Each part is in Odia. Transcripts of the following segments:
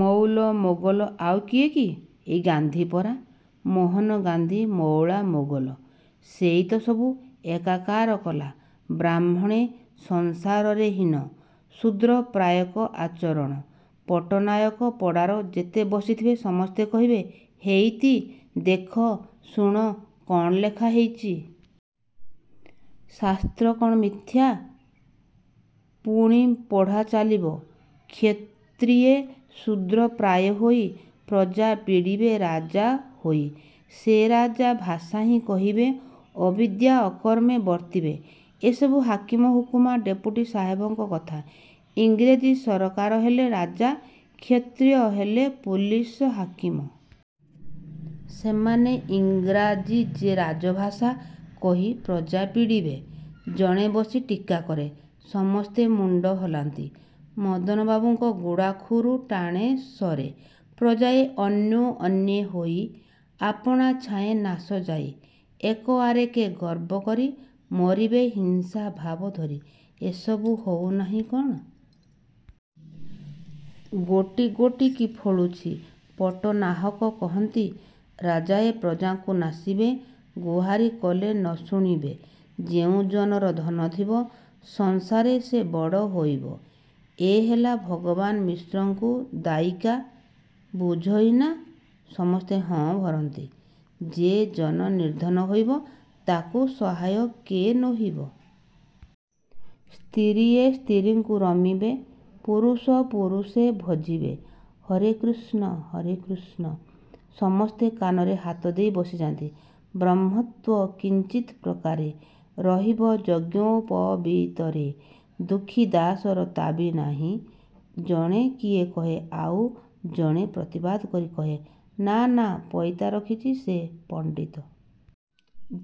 ମଉଲ ମୋଗଲ ଆଉ କିଏ କି! ଏଇ ଗାନ୍ଧି ପରା। ମୋହନ ଗାନ୍ଧି ମଉଳା ମୋଗଲ। ସେଇ ତ ସବୁ ଏକାକାର କଲା। ବ୍ରାହ୍ମଣେ ସଂସାରରେ ହୀନ। ଶୂଦ୍ର ପ୍ରାୟେକ ଆଚରଣ। ପଟ୍ଟନାୟକ ପଡ଼ାର ଯେତେ ବସିଥିବେ ସମସ୍ତେ କହିବେ, ହେଇତି ଦେଖ, ଶୁଣ, କ'ଣ ଲେଖା ହେଇଚି। ଶାସ୍ତ୍ର କ'ଣ ମିଥ୍ୟା। ପୁଣି ପଢ଼ାଚାଲିବ, କ୍ଷତ୍ରିୟେ ଶୂଦ୍ର ପ୍ରାୟେ ହୋଇ। ପ୍ରଜା ପୀଡ଼ିବେ ରାଜା ହୋଇ। ସେ ରାଜା ଭାଷାହିଁ କହିବେ। ଅବିଦ୍ୟା ଅକର୍ମେ ବର୍ତ୍ତିବେ। ଏସବୁ ହାକିମ ହୁକୁମା ଡେପୁଟି ସାହେବଙ୍କ କଥା। ଇଂରେଜୀ ସରକାର ହେଲେ ରାଜା। କ୍ଷତ୍ରିୟ ହେଲେ ପୁଲିସ ହାକିମ। ସେମାନେ ଇଂରାଜୀ ଯେ ରାଜଭାଷା କହି ପ୍ରଜା ପୀଡ଼ିବେ। ଜଣେ ବସି ଟୀକା କରେ, ସମସ୍ତେ ମୁଣ୍ଡ ହଲାନ୍ତି। ମଦନବାବୁଙ୍କ ଗୁଡ଼ାଖୁରୁ ଟାଣେ ସରେ। ପ୍ରଜାଏ ଅନ୍ୟୋ ଅନ୍ୟେ ହୋଇ। ଆପଣା ଛାଏଁ ନାଶଯାଇ। ଏକ ଆରେକେ ଗର୍ବ କରି। ମରିବେ ହିଂସା ଭାବଧରି। ଏସବୁ ହଉ ନାହିଁ କ'ଣ! ଗୋଟି ଗୋଟିକି ଫଳୁଛି। ପଟ୍ଟନାହକ କହନ୍ତି, ରାଜାଏ ପ୍ରଜାଙ୍କୁ ନାଶିବେ। ଗୁହାରି କଲେ ନ ଶୁଣିବେ। ଯେଉଁ ଜନର ଧନ ଥିବ। ସଂସାରେ ସେ ବଡ଼ ହୋଇବ। ଏ ହେଲା ଭଗବାନ ମିଶ୍ରଙ୍କୁ ଦାୟିକା, ବୁଝଇନା? ସମସ୍ତେ ହଁ ଭରନ୍ତି। ଯେ ଜନ ନିର୍ଧନ ହୋଇବ। ତାକୁ ସହାୟ କେ ନୋହିବ। ସ୍ତିରୀଏ ସ୍ତିରୀଙ୍କୁ ରମିବେ। ପୁରୁଷ ପୁରୂଷେ ଭଜିବେ। ହରେ କୃଷ୍ଣ, ହରେ କୃଷ୍ଣ। ସମସ୍ତେ କାନରେ ହାତଦେଇ ବସିଯାନ୍ତି। ବ୍ରହ୍ମତ୍ୱ କିଞ୍ଚିତ୍ ପ୍ରକାରେ। ରହିବ ଯଜ୍ଞୋପବୀତରେ। ଦୁଃଖୀ ଦାଶର ତା'ବି ନାହିଁ। ଜଣେ କିଏ କହେ ଆଉ ଜଣେ ପ୍ରତିବାଦ କରି କହେ, ନା ନା ପଇତା ରଖିଛି ସେ। ପଣ୍ଡିତ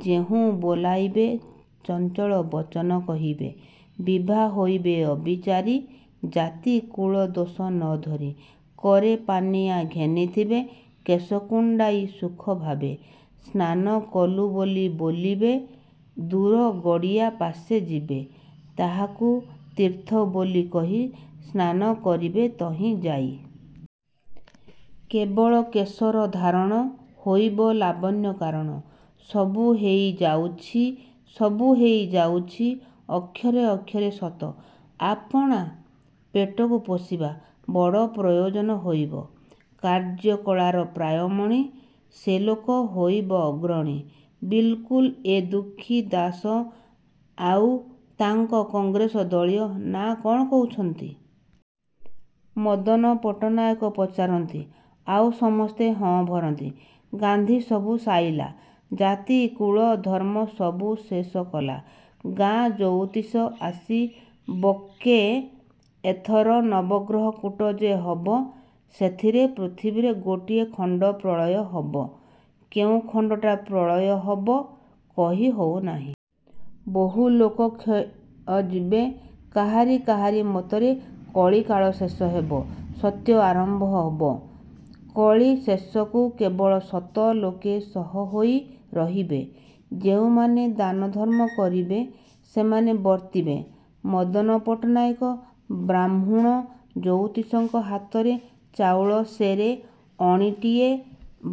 ଯେହୁ ବୋଲାଇବେ। ଚଞ୍ଚଳ ବଚନ କହିବେ। ବିଭା ହୋଇବେ ଅବିଚାରି। ଜାତିକୁଳ ଦୋଷ ନ ଧରି। କରେ ପାନିଆ ଘେନିଥିବେ। କେଶ କୁଣ୍ଡାଇ ସୁଖଭାବେ। ସ୍ନାନ କଲୁ ବୋଲି ବୋଲିବେ। ଦୂର ଗଡ଼ିଆ ପାଶେ ଯିବେ। ତାହାକୁ ତୀର୍ଥ ବୋଲି କହି। ସ୍ନାନ କରିବେ ତହିଁ ଯାଇ। କେବଳ କେଶର ଧାରଣ। ହୋଇବ ଲାବଣ୍ୟ କାରଣ। ସବୁ ହେଇଯାଉଛି, ସବୁ ହେଇଯାଉଛି, ଅକ୍ଷରେ ଅକ୍ଷରେ ସତ। ଆପଣା ପେଟକୁ ପୋଷିବା। ବଡ଼ ପ୍ରୟୋଜନ ହୋଇବ। କାର୍ଯ୍ୟକଳାର ପ୍ରାୟ ମଣି। ସେ ଲୋକ ହୋଇବ ଅଗ୍ରଣୀ। ବିଲ୍କୁଲ୍ ଏ ଦୁଃଖୀ ଦାଶ ଆଉ ତାଙ୍କ କଂଗ୍ରେସ ଦଳୀୟ ନା କ'ଣ କହୁଛନ୍ତି? ମଦନ ପଟ୍ଟନାୟକ ପଚାରନ୍ତି। ଆଉ ସମସ୍ତେ ହଁ ଭରନ୍ତି। ଗାନ୍ଧି ସବୁ ସାଇଲା। ଜାତି କୁଳ ଧର୍ମ ସବୁ ଶେଷ କଲା। ଗାଁ ଜଉତିଷ ଆସି ବକେ ଏଥର ନବଗ୍ରହ କୂଟ ଯେ ହବ, ସେଥିରେ ପୃଥିବୀରେ ଗୋଟିଏ ଖଣ୍ଡପ୍ରଳୟ ହବ। କେଉଁ ଖଣ୍ଡଟା ପ୍ରଳୟ ହବ, କହି ହଉ ନାହିଁ। ବହୁଲୋକ କ୍ଷୟ ଯିବେ, କାହାରି କାହାରି ମତରେ କଳିକାଳ ଶେଷ ହେବ, ସତ୍ୟ ଆରମ୍ଭ ହବ। କଳି ଶେଷକୁ କେବଳ ସତ ଲୋକେ ଶହ ହୋଇ ରହିବେ। ଯେଉଁମାନେ ଦାନ ଧର୍ମ କରିବେ, ସେମାନେ ବର୍ତ୍ତିବେ। ମଦନ ପଟ୍ଟନାୟକ ବାହ୍ମୁଣ ଜଉତିଷଙ୍କ ହାତରେ ଚାଉଳ ସେରେ, ଅଣିଟିଏ,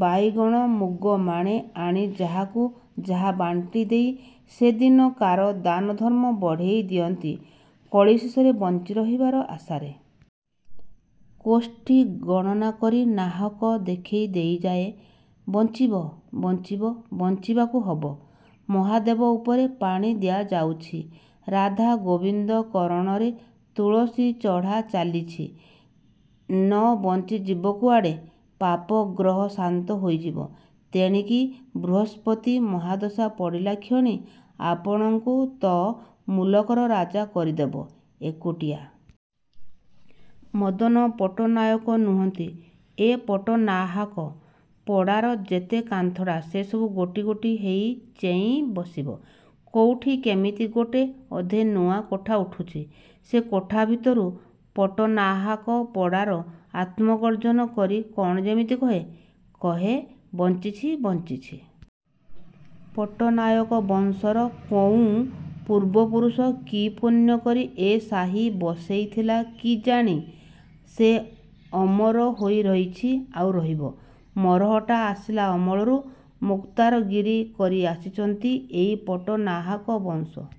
ବାଇଗଣ ମୁଗ ମାଣେ ଆଣି ଯାହାକୁ ଯାହା ବାଣ୍ଟି ଦେଇ ସେଦିନକାର ଦାନ ଧର୍ମ ବଢ଼େଇ ଦିଅନ୍ତି, କଳି ଶେଷରେ ବଞ୍ଚି ରହିବାର ଆଶାରେ। କୋଷ୍ଠୀ ଗଣନା କରି ନାହାକ ଦେଖେଇ ଦେଇଯାଏ, ବଞ୍ଚିବ, ବଞ୍ଚିବ, ବଞ୍ଚିବାକୁ ହବ। ମହାଦେବ ଉପରେ ପାଣି ଦିଆଯାଉଛି, ରାଧା ଗୋବିନ୍ଦ କରଣରେ ତୁଳସୀ ଚଢ଼ା ଚାଲିଚି, ନ ବଞ୍ଚି ଯିବ କୁଆଡ଼େ। ପାପଗ୍ରହ ଶାନ୍ତ ହୋଇଯିବ। ତେଣିକି ବୃହସ୍ପତି ମହାଦଶା ପଡ଼ିଲାକ୍ଷଣି, ଆପଣଙ୍କୁ ତ ମୁଲକର ରାଜା କରିଦେବ। ଏକୁଟିଆ ମଦନ ପଟ୍ଟନାୟକ ନୁହନ୍ତି। ଏ ପଟ୍ଟନାହାକ ପଡ଼ାର ଯେତେ କାନ୍ଥଡ଼ା ସେସବୁ ଗୋଟି ଗୋଟି ହେଇ ଚେଇଁ ବସିବ। କୋଉଠି କେମିତି ଗୋଟେ ଅଧେ ନୂଆ କୋଠା ଉଠୁଛି। ସେ କୋଠା ଭିତରୁ ପଟ୍ଟନାହାକ ପଡ଼ାର ଆତ୍ମ ଗର୍ଜନ କରି କ'ଣ ଯେମିତି କହେ। କହେ, ବଞ୍ଚିଛି, ବଞ୍ଚିଛି। ପଟ୍ଟନାୟକ ବଂଶର କୋଉଁ ପୂର୍ବପୁରୁଷ କି ପୁଣ୍ୟ କରି ଏ ସାହି ବସେଇଥିଲା କିଜାଣି, ସେ ଅମର ହୋଇ ରହିଚି, ଆଉ ରହିବ। ମରହଟ୍ଟା ଆସିଲା ଅମଳରୁ ମୁକ୍ତାରଗିରି କରି ଆସିଚନ୍ତି ଏଇ ପଟ୍ଟନାହାକ ବଂଶ।